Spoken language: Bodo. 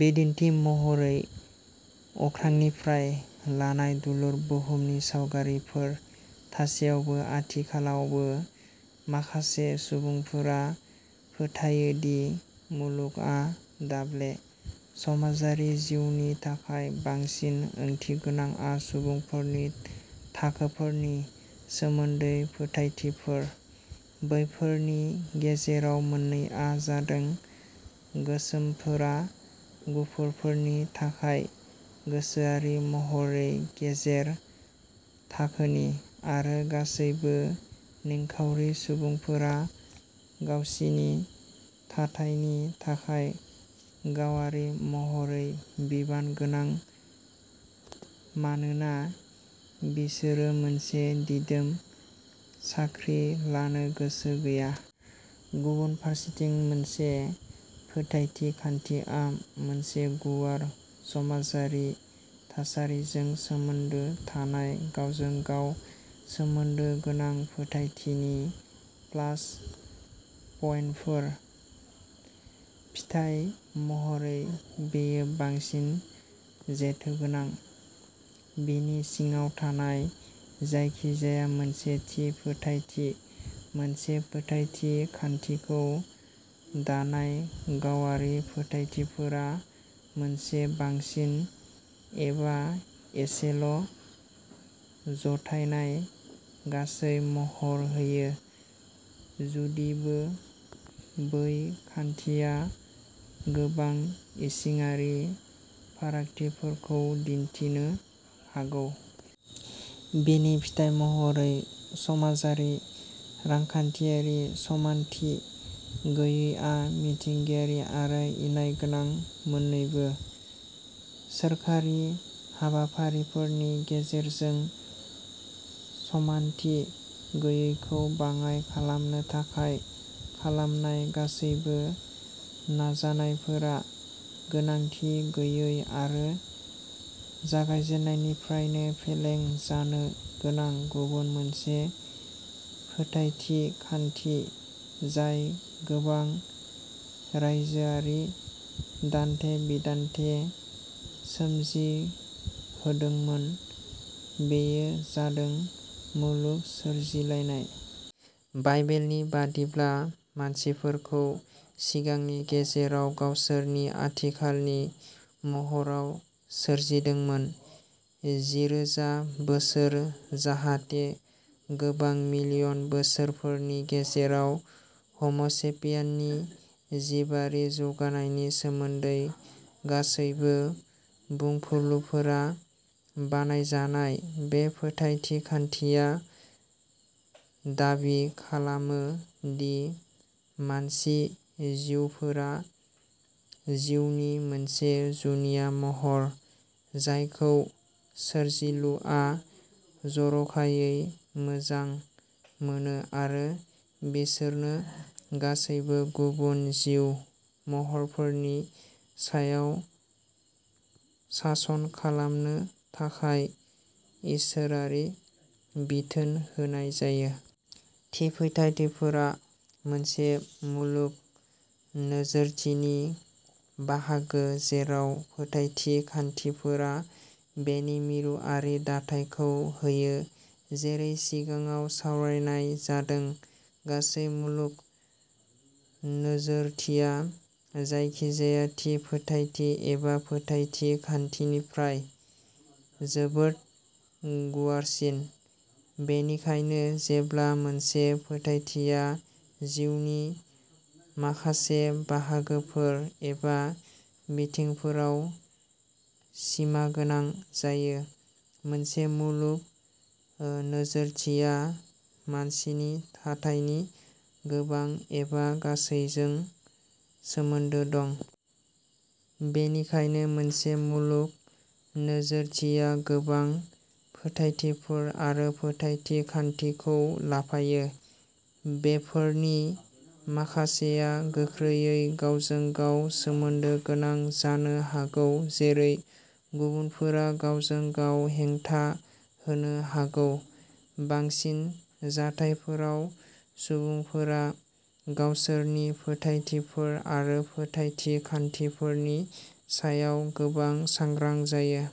बिदिन्थि महरै, अख्रांनिफ्राय लानाय दुलुर बुहुमनि सावगारिफोर थासेयावबो, आथिखालावबो माखासे सुबुंफोरा फोथायो दि मुलुगआ दाब्ले। समाजारि जिउनि थाखाय बांसिन ओंथिगोनांआ सुबुंफोरनि थाखोफोरनि सोमोन्दै फोथायथिफोर। बैफोरनि गेजेराव मोननैआ जादों गोसोमफोरा गुफुरफोरनि थाखाय गोसोआरि महरै गेजेर थाखोनि, आरो गासैबो निखावरि सुबुंफोरा गावसिनि थाथायनि थाखाय गावारि महरै बिबान गोनां मानोना बिसोरो मोनसे दिदोम साख्रि लानो गोसो गैया। गुबुन फारसेथिं, मोनसे फोथायथि खान्थिया मोनसे गुवार समाजारि थासारिजों सोमोन्दो थानाय गावजों-गाव सोमोन्दो गोनां फोथायथिनि प्लास पइन्टफोर। फिथाय महरै, बेयो बांसिन जेथोगोनां। बिनि सिङाव थानाय जायखिजाया मोनसे थि फोथायथि। मोनसे फोथायथि खान्थिखौ दानाय गावारि फोथायथिफोरा मोनसे बांसिन एबा एसेल' जथायनाय गासै महर होयो, जुदिबो बै खान्थिया गोबां इसिङारि फारागथिफोरखौ दिन्थिनो हागौ। बेनि फिथाय महरै, समाजारि रांखान्थियारि समानथि गैयैआ मिथिंगायारि आरो न्यायगोनां मोन्नैबो। सोरखारि हाबाफारिफोरनि गेजेरजों समानथि गैयैखौ बाङाइ खालामनो थाखाय खालामनाय गासैबो नाजानायफोरा गोनांथि गैयै आरो जागायजेन्नायनिफ्रायनो फेलें जानो गोनां। गुबुन मोनसे फोथायथि खान्थि जाय गोबां रायजोआरि दान्थे-बिदान्थे सोमजिहोदोंमोन बेयो जादों मुलुग सोरजिलायनाय। बाइबेलनि बायदिब्ला, मानसिफोरखौ सिगांनि गेजेराव गावसोरनि आथिखालनि महराव सोरजिदोंमोन। जिरोजा बोसोर, जाहाथे गोबां मिलियन बोसोरफोरनि गेजेराव हम'सेपियन्सनि जिबारि जौगानायनि सोमोन्दै गासैबो बुंफुरलुफोरा बानायजानाय। बे फोथायथि खान्थिया दाबि खालामो दि मानसि जिउफोरा जिउनि मोनसे जुनिया महर जायखौ सोरजिलुआ जरखायै मोजां मोनो आरो बिसोरनो गासैबो गुबुन जिउ महरफोरनि सायाव सासन खालामनो थाखाय इसोरारि बिथोन होनाय जायो। थि फोथायथिफोरा मोनसे मुलुग नोजोरथिनि बाहागो, जेराव फोथायथि खान्थिफोरा बेनि मिरुआरि दाथायखौ होयो। जेरै सिगाङाव सावरायनाय जादों, गासै मुलुग नोजोरथिया जायखिजाया थि फोथायथि एबा फोथायथि खान्थिनिख्रुइ जोबोद गुवारसिन। बेनिखायनो जेब्ला मोनसे फोथायथिआ जिउनि माखासे बाहागोफोर एबा बिथिंफोराव सिमागोनां जायो, मोनसे मुलुग ओ नोजोरथिया मानसिनि थाथायनि गोबां एबा गासैजों सोमोन्दो दं। बेनिखायनो, मोनसे मुलुग नोजोरथिया गोबां फोथायथिफोर आरो फोथायथि खान्थिखौ लाफायो। बेफोरनि माखासेया गोख्रोंयै गावजों-गाव सोमोन्दो गोनां जानो हागौ, जेरै गुबुनफोरा गावजों-गाव हेंथा होनो हागौ। बांसिन जाथायफोराव, सुबुंफोरा गावसोरनि फोथायथिफोर आरो फोथायथि खान्थिफोरनि सायाव गोबां सांग्रां जायो।